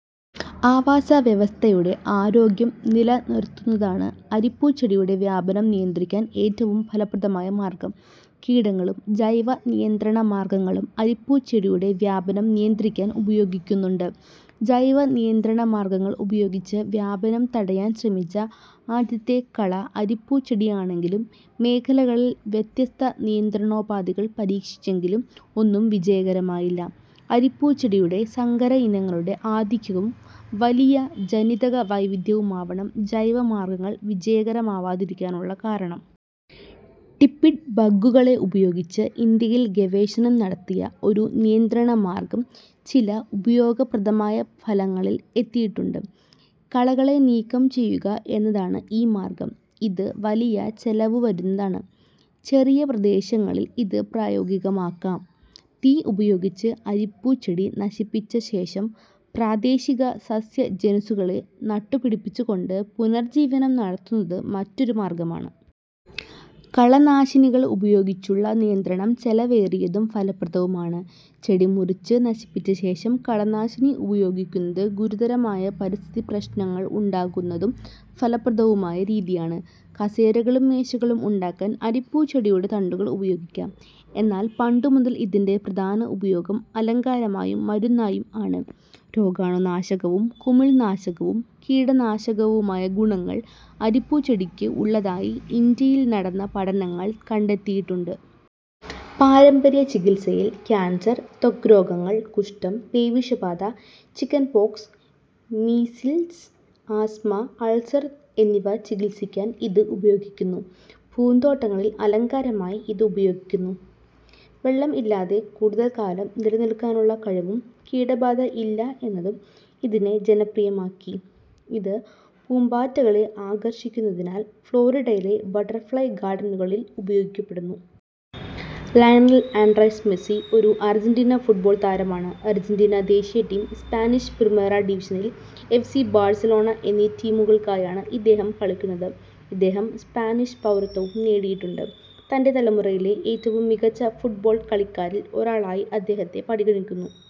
ആവാസവ്യവസ്ഥയുടെ ആരോഗ്യം നിലനിർത്തുന്നതാണ് അരിപ്പൂച്ചെടിയുടെ വ്യാപനം നിയന്ത്രിക്കാൻ ഏറ്റവും ഫലപ്രദമായ മാർഗം. കീടങ്ങളും ജൈവ നിയന്ത്രണ മാർഗങ്ങളും അരിപ്പൂച്ചെടിയുടെ വ്യാപനം നിയന്ത്രിക്കാൻ ഉപയോഗിക്കുന്നുണ്ട്. ജൈവ നിയന്ത്രണമാർഗങ്ങൾ ഉപയോഗിച്ച് വ്യാപനം തടയാൻ ശ്രമിച്ച ആദ്യത്തെ കള അരിപ്പൂച്ചെടിയാണെങ്കിലും മേഖലകളിൽ വ്യത്യസ്ത നിയന്ത്രണോപാധികൾ പരീക്ഷിച്ചെങ്കിലും ഒന്നും വിജയകരമായില്ല. അരിപ്പൂച്ചെടിയുടെ സങ്കരയിനങ്ങളുടെ ആധിക്യവും വലിയ ജനിതകവൈവിധ്യവുമാവണം ജൈവ മാർഗങ്ങൾ വിജയകരമാവാതിരിക്കാനുള്ള കാരണം. ടിപ്പിഡ് ബഗ്ഗുകളെ ഉപയോഗിച്ച് ഇന്ത്യയിൽ ഗവേഷണം നടത്തിയ ഒരു നിയന്ത്രണ മാർഗം ചില ഉപയോഗപ്രദമായ ഫലങ്ങളിൽ എത്തിയിട്ടുണ്ട്. കളകളെ നീക്കം ചെയ്യുക എന്നതാണ് ഈ മാർഗം. ഇത് വലിയ ചെലവു വരുന്നതാണ്. ചെറിയ പ്രദേശങ്ങളിൽ ഇത് പ്രായോഗികമാക്കാം. തീ ഉപയോഗിച്ച് അരിപ്പൂച്ചെടി നശിപ്പിച്ചശേഷം പ്രാദേശിക സസ്യജനുസ്സുകളെ നട്ടുപിടിപ്പിച്ചുകൊണ്ട് പുനർജീവനം തടയുന്നത് മറ്റൊരു മാർഗ്ഗമാണ്. കളനാശിനികൾ ഉപയോഗിച്ചുള്ള നിയന്ത്രണം ചെലവേറിയതും ഫലപ്രദവുമാണ്. ചെടി മുറിച്ച് നശിപ്പിച്ചശേഷം കളനാശിനി പ്രയോഗിക്കുന്നത് ഗുരുതരമായ പരിസ്ഥിതി പ്രശ്നങ്ങൾ ഉണ്ടാക്കുന്നതും ഫലപ്രദവുമായ രീതിയാണ്. കസേരകളും മേശകളും ഉണ്ടാക്കാൻ അരിപ്പൂച്ചെടിയുടെ തണ്ടുകൾ ഉപയോഗിക്കാം. എന്നാൽ പണ്ടുമുതൽ ഇതിന്റെ പ്രധാന ഉപയോഗം അലങ്കാരമായും മരുന്നായും ആണ്. രോഗാണു നാശകവും, കുമിൾനാശകവും, കീടനാശകവുമായ ഗുണങ്ങൾ അരിപ്പൂച്ചെടിക്ക് ഉള്ളതായി ഇന്ത്യയിൽ നടന്ന പഠനങ്ങൾ കണ്ടെത്തിയിട്ടുണ്ട്. പാരമ്പര്യ ചികിത്സയിൽ കാൻസർ, ത്വഗ്രോഗങ്ങൾ, കുഷ്ഠം, പേവിഷബാധ, ചിക്കൻപോക്സ്, മീസിൽസ്, ആസ്ത്മ, അൾസർ എന്നിവ ചികിത്സിക്കാൻ ഇത് ഉപയോഗിക്കുന്നു. പൂന്തോട്ടങ്ങളിൽ അലങ്കാരമായി ഇത് ഉപയോഗിക്കുന്നു. വെള്ളം ഇല്ലാതെ കൂടുതൽ കാലം നിലനിൽക്കാനുള്ള കഴിവും, കീടബാധ ഇല്ല എന്നതും ഇതിനെ ജനപ്രിയമാക്കി.. ഇത് പൂമ്പാറ്റകളെ ആകർഷിക്കുന്നതിനാൽ ഫ്ലോറിഡയിലെ ബട്ടർഫ്ലൈ ഗാർഡനുകളിൽ ഉപയോഗിക്കപ്പെടുന്നു. ലയണൽ ആൻഡ്രെസ് മെസ്സി ഒരു അർജെന്റീന ഫുട്ബോൾ താരമാണ്. അർജന്റീന ദേശീയ ടീം, സ്പാനിഷ് പ്രിമേറ ഡിവിഷനിൽ എഫ്. സി. ബാഴ്സലോണ എന്നീ ടീമുകൾക്കായാണ് ഇദ്ദേഹം കളിക്കുന്നത്. ഇദ്ദേഹം സ്പാനിഷ് പൗരത്വവും നേടിയിട്ടുണ്ട്. തന്റെ തലമുറയിലെ ഏറ്റവും മികച്ച ഫുട്ബോൾ കളിക്കാരിൽ ഒരാളായി അദ്ദേഹത്തെ പരിഗണിക്കുന്നു.